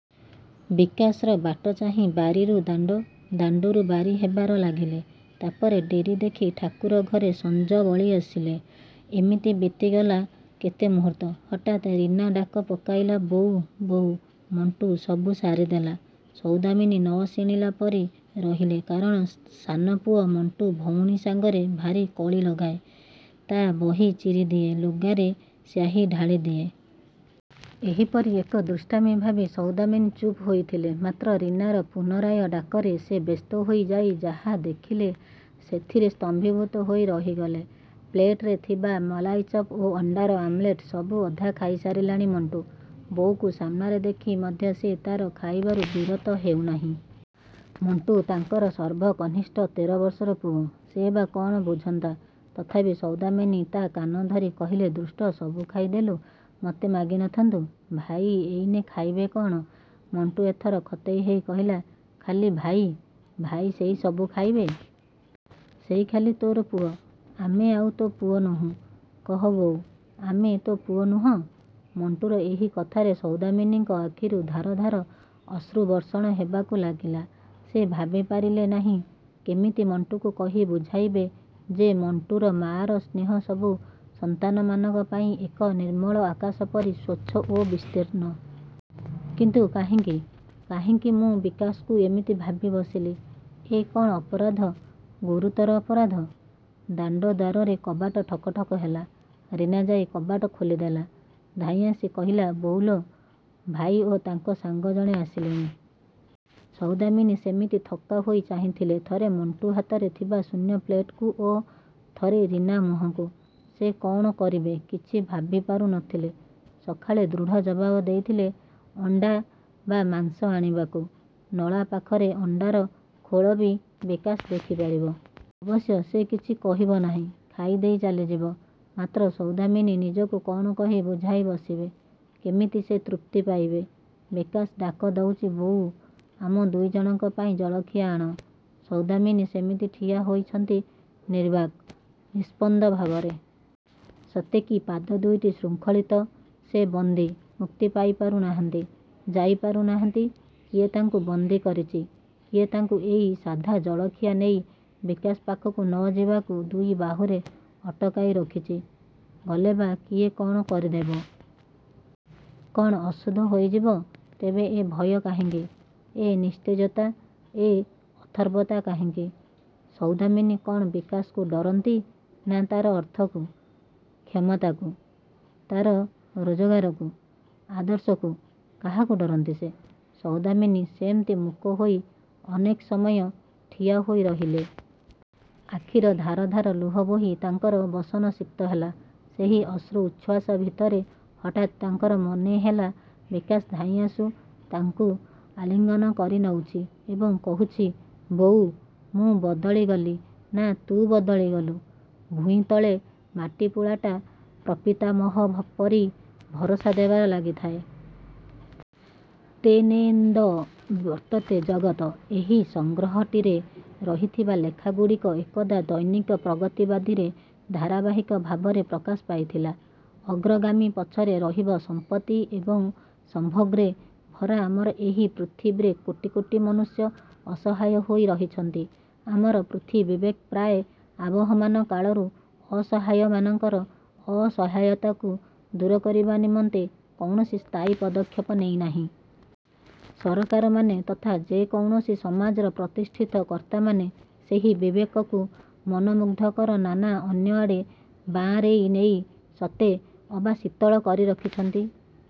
ବିକାଶର ବାଟଚାହିଁ ବାରିରୁ ଦାଣ୍ଡ, ଦାଣ୍ଡରୁ ବାରି ହେବାର ଲାଗିଲେ। ତାପରେ ଡେରି ଦେଖି ଠାକୁରଘରେ ସଞ୍ଜ ବଳି ବସିଲେ। ଏମିତି ବିତିଗଲା କେତେ ମୁହୂର୍ତ୍ତ। ହଠାତ୍ ରୀନା ଡାକ ପକାଇଲା ବୋଉ, ବୋଉ, ମଣ୍ଟୁ ସବୁ ସାରିଦେଲା। ସୌଦାମିନୀ ନ ଶୁଣିଲା ପରି ରହିଲେ କାରଣ ସା ସାନ ପୁଅ ମଣ୍ଟୁ ଭଉଣୀ ସାଙ୍ଗରେ ଭାରି କଳି ଲଗାଏ, ତା ବହି ଚିରିଦିଏ, ଲୁଗାରେ ସ୍ୟାହି ଢାଳିଦିଏ। ଏହିପରି ଏକ ଦୁଷ୍ଟାମି ଭାବି ସୌଦାମିନୀ ଚୁପ୍ ହୋଇଥିଲେ। ମାତ୍ର ରିନାର ପୁନରାୟ ଡାକରେ ସେ ବ୍ୟସ୍ତହୋଇ ଯାଇ ଯାହା ଦେଖିଲେ ସେଥିରେ ସ୍ତମ୍ଭୀଭୂତ ହୋଇ ରହିଗଲେ। ପ୍ଲେଟରେ ଥିବା ମଲାଇଚପ୍ ଓ ଅଣ୍ଡାର ଆମଲେଟ ସବୁ ଅଧା ଖାଇସାରିଲାଣି ମଣ୍ଟୁ। ବୋଉକୁ ସାମନାରେ ଦେଖି ମଧ୍ୟ ସେ ତାର ଖାଇବାରୁ ବିରତ ହେଉନାହିଁ। ମଣ୍ଟୁ ତାଙ୍କର ସର୍ବ କନିଷ୍ଠ ତେର ବର୍ଷର ପୁଅ। ସେ ବା କଣ ବୁଝନ୍ତା। ତଥାପି ସୌଦାମିନୀ ତା କାନଧରି କହିଲେ ଦୁଷ୍ଟ ସବୁ ଖାଇଦେଲୁ, ମୋତେ ମାଗି ନ ଥାନ୍ତୁ? ଭାଇ ଏଇନେ ଖାଇବେ କଣ? ମଣ୍ଟୁ ଏଥର ଖତେଇ ହେଇ କହିଲା, ଖାଲି ଭାଇ, ଭାଇ ସେଇ ସବୁ ଖାଇବେ। ସେଇ ଖାଲି ତୋର ପୁଅ। ଆମେ ଆଉ ତୋ ପୁଅ ନୋହୁଁ? କହ ବୋଉ, ଆମେ ତୋ ପୁଅ ନୁହଁ? ମଣ୍ଟୁର ଏହି କଥାରେ ସୌଦାମିନୀଙ୍କ ଆଖିରୁ ଧାର ଧାର ଅଶ୍ରୁ ବର୍ଷଣ ହେବାକୁ ଲାଗିଲା ସେ ଭାବିପାରିଲେ ନାହିଁ, କେମିତି ମଣ୍ଟୁକୁ କହି ବୁଝାଇବେ ଯେ ମଣ୍ଟୁର ମାଆର ସ୍ନେହ ସବୁ ସନ୍ତାନମାନଙ୍କ ପାଇଁ ଏକ ନିର୍ମଳ ଆକାଶ ପରି ସ୍ୱଚ୍ଛ ଓ ବିସ୍ତୀର୍ଣ୍ଣ। କିନ୍ତୁ କାହିଁକି? କାହିଁକି ମୁଁ ବିକାଶକୁ ଏମିତି ଭାବି ବସିଲି। ଏ କଣ ଅପରାଧ? ଗୁରୁତର ଅପରାଧ? ଦାଣ୍ଡ ଦ୍ୱାରରେ କବାଟ ଠକ୍ ଠକ୍ ହେଲା। ରୀନା ଯାଇ କବାଟ ଖୋଲିଦେଲା। ଧାଇଁଆସି କହିଲା ବୋଉ ଲୋ, ଭାଇ ଓ ତାଙ୍କ ସାଙ୍ଗ ଜଣେ ଆସିଲେଣି। ସୌଦାମିନୀ ସେମିତି ଥକ୍କା ହୋଇ ଚାହିଁଥିଲେ ଥରେ ମଣ୍ଟୁ ହାତରେ ଥିବା ଶୂନ୍ୟ ପ୍ଲେଟକୁ ଓ ଥରେ ରୀନା ମୁହଁକୁ। ସେ କଣ କରିବେ କିଛି ଭାବିପାରୁ ନ ଥିଲେ। ସକାଳେ ଦୃଢ଼ ଜବାବ ଦେଇଥିଲେ ଅଣ୍ଡା ବା ମାଂସ ଆଣିବାକୁ। ନଳା ପାଖରେ ଅଣ୍ଡାର ଖୋଳ ବି ବିକାଶ ଦେଖିପାରିବ। ଅବଶ୍ୟ ସେ କିଛି କହିବ ନାହିଁ ଖାଇଦେଇ ଚାଲିଯିବ, ମାତ୍ର ସୌଦାମିନୀ ନିଜକୁ କଣ କହି ବୁଝାଇ ବସିବେ? କେମିତି ସେ ତୃପ୍ତି ପାଇବେ? ବିକାଶ ଡାକ ଦଉଚି ବୋଉ, ଆମ ଦୁଇ ଜଣଙ୍କ ପାଇଁ ଜଳଖିଆ ଆଣ। ସୌଦାମିନୀ ସେମିତି ଠିଆ ହୋଇଛନ୍ତି ନିର୍ବାକ୍, ନିସ୍ପନ୍ଦ ଭାବରେ। ସତେ କି ପାଦ ଦୁଇଟି ଶୃଙ୍ଖଳିତ। ସେ ବନ୍ଦୀ। ମୁକ୍ତି ପାଇପାରୁ ନାହାନ୍ତି, ଯାଇପାରୁନାହାନ୍ତି କିଏ ତାଙ୍କୁ ବନ୍ଦୀ କରିଚି? କିଏ ତାଙ୍କୁ ଏଇ ସାଧା ଜଳଖିଆ ନେଇ ବିକାଶ ପାଖକୁ ନ ଯିବାକୁ ଦୁଇ ବାହୁରେ ଅଟକାଇ ରଖିଚି? ଗଲେ ବା କିଏ କଣ କରିଦେବ? କଣ ଅଶୁଦ୍ଧ ହୋଇଯିବ? ତେବେ ଏ ଭୟ କାହିଁକି? ଏ ନିସ୍ତେଜତା, ଏ ଅଥର୍ବତା କାହିଁକି? ସୌଦାମିନୀ କଣ ବିକାଶକୁ ଡରନ୍ତି ନା ତାର ଅର୍ଥକୁ, କ୍ଷମତାକୁ? ତାର ରୋଜଗାରକୁ? ଆଦର୍ଶକୁ? କାହାକୁ ଡରନ୍ତି ସେ? ସୌଦାମିନୀ ସେମିତି ମୂକ ହୋଇ ଅନେକ ସମୟ ଠିଆ ହୋଇ ରହିଲେ। ଆଖିର ଧାର ଧାର ଲୁହ ବୋହି ତାଙ୍କର ବସନ ସିକ୍ତ ହେଲା। ସେହି ଅଶ୍ରୁ ଉଚ୍ଛ୍ୱାସ ଭିତରେ ହଠାତ୍ ତାଙ୍କର ମନେହେଲା ବିକାଶ ଧାଇଁଆସି ତାଙ୍କୁ ଆଲିଙ୍ଗନ କରିନଉଚି ଏବଂ କହୁଛି ବୋଉ, ମୁଁ ବଦଳିଗଲି ନା ତୁ ବଦଳି ଗଲୁ? ଭୂଇଁତଳେ ମାଟି ପୁଳାଟା ପ୍ରପିତାମହ ପରି ଭରସା ଦେବାରେ ଲାଗିଥାଏ। ତେନେଦଂ ବର୍ତ୍ତତେ ଜଗତ୍। ଏହି ସଂଗ୍ରହଟିରେ ରହିଥିବା ଲେଖାଗୁଡ଼ିକ ଏକଦା ଦୈନିକ ପ୍ରଗତିବାଦୀ ରେ ଧାରାବାହିକ ଭାବରେ ପ୍ରକାଶ ପାଇଥିଲା। ଅଗ୍ରଗାମୀ ପଛରେ ରହିବ ସମ୍ପତ୍ତି ଏବଂ ସମ୍ଭୋଗରେ ଭରା ଆମର ଏହି ପୃଥିବୀରେ କୋଟି କୋଟି ମନୁଷ୍ୟ ଅସହାୟ ହୋଇ ରହିଛନ୍ତି। ଆମର ପୃଥ୍ୱୀବିବେକ ପ୍ରାୟ ଆବହମାନ କାଳରୁ ଅସହାୟମାନଙ୍କର ଅସହାୟତାକୁ ଦୂର କରିବା ନିମନ୍ତେ କୌଣସି ସ୍ଥାୟୀ ପଦକ୍ଷେପ ନେଇନାହିଁ। ସରକାରମାନେ ତଥା ଯେକୌଣସି ସମାଜର ପ୍ରତିଷ୍ଠିତ କର୍ତ୍ତାମାନେ ସେହି ବିବେକକୁ ମନୋମୁଗ୍ଧକର ନାନା ଅନ୍ୟଆଡ଼େ ବାଆଁରେଇ ନେଇ ସତେ ଅବା ଶୀତଳ କରି ରଖିଛନ୍ତି।